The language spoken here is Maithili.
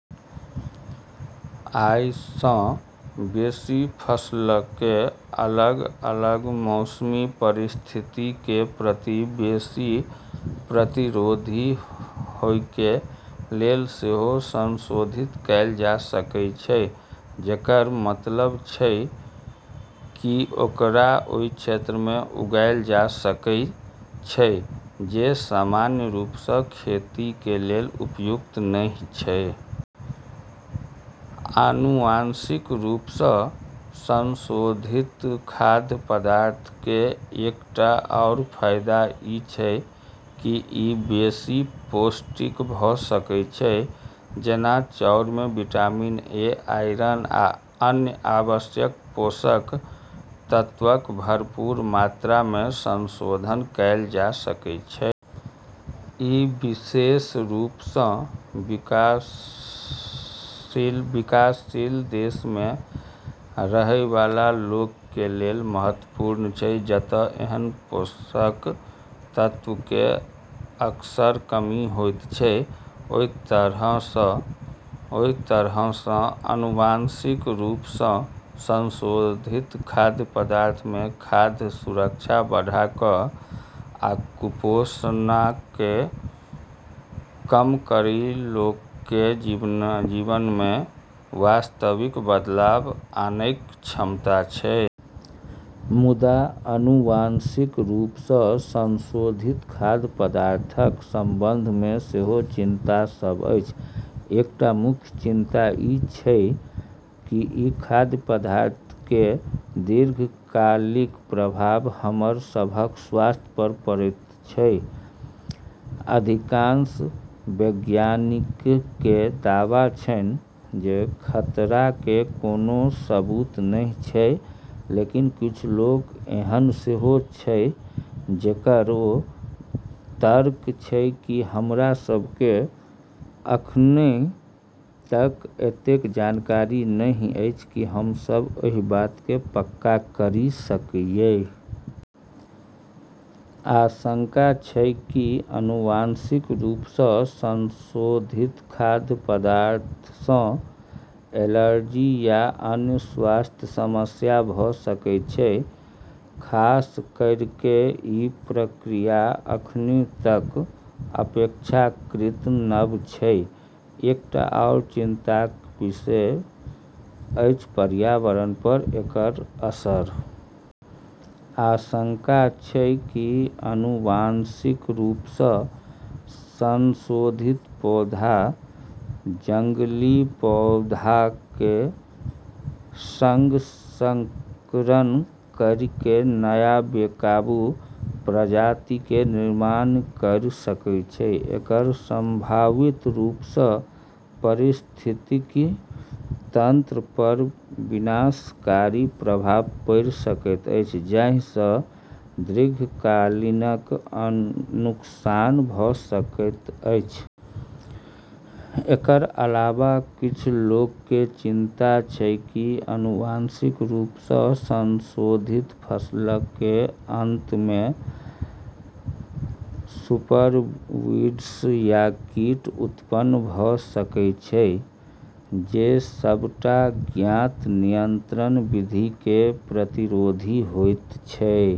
अइसँ बेशी, फसलके अलग-अलग मौसमी परिस्थितिके प्रति बेशी प्रतिरोधी होइके लेल सेहो संशोधित कैल जा सकै छै, जेकर मतलब छै कि ओकरा ओइ क्षेत्रमे उगाइल जा सकै छै जे सामान्य रूपसँ खेतीके लेल उपयुक्त नहि छै। आनुवंशिक रूपसँ संशोधित खाद्य पदार्थके एकटा आओर फाइदा ई छै कि ई बेशी पौष्टिक भ' सकै छै। जेना चाउरमे विटामिन ए, आयरन आ अन्य आवश्यक पोषक तत्वक भरपूर मात्रामे संशोधन कैल जा सकै छै। ई विशेष रूपसँ विकासशील देशमे रहैबला लोकके लेल महत्वपूर्ण छै, जत' ऐहन पोषक तत्वके अक्सर कमी होइत छै। अइ तरहसँ आनुवंशिक रूपसँ संशोधित खाद्य पदार्थमे खाद्य सुरक्षा बढ़ा क' आ कुपोषणके कम करि लोकके जीवनमे वास्तविक बदलाव आनैके क्षमता छै। मुदा, आनुवंशिक रूपसँ संशोधित खाद्य पदार्थक संबंधमे सेहो चिंता सब अछि। एकटा मुख्य चिंता ई छै कि ई खाद्य पदार्थके दीर्घकालिक प्रभाव हमर सबहक स्वास्थ्य पर पड़ैत छै। अधिकांश वैज्ञानिकके दावा छनि कि खतराके कोनो सबूत नहि छै, लेकिन किछ लोक एहन सेहो छै जेकरऽ तर्क छै कि हमरा सबके अखनि तक अतेक जानकारी नहि अछि कि हमसब एहि बातके पक्का करि सकियै। आशंका छै कि आनुवंशिक रूपसँ संशोधित खाद्य पदार्थसँ एलर्जी या अन्य स्वास्थ्य समस्या भ' सकैत छै, खासकरिके ई प्रक्रिया अखनि तक अपेक्षाकृत नव छै। एकटा आओर चिंताके विषय अछि पर्यावरण पर एकर असर। आशंका छै कि आनुवंशिक रूपसँ संशोधित पौधा जंगली पौधाके सङ्ग संकरन करिके नया, बेकाबू प्रजातिके निर्माण करि सकै छै। एकर संभावित रूपसँ पारिस्थितिकी तंत्र पर विनाशकारी प्रभाव पड़ि सकैत अछि, जाहिसँ दीर्घकालिक नुकसान भ' सकैत अछि। एकर अलावा, किछ लोकके चिंता छै कि आनुवंशिक रूपसँ संशोधित फसलके अंतमे सुपरवीड्स या कीट उत्पन्न भ' सकै छै जे सबटा ज्ञात नियंत्रण विधिके प्रतिरोधी होइत छै।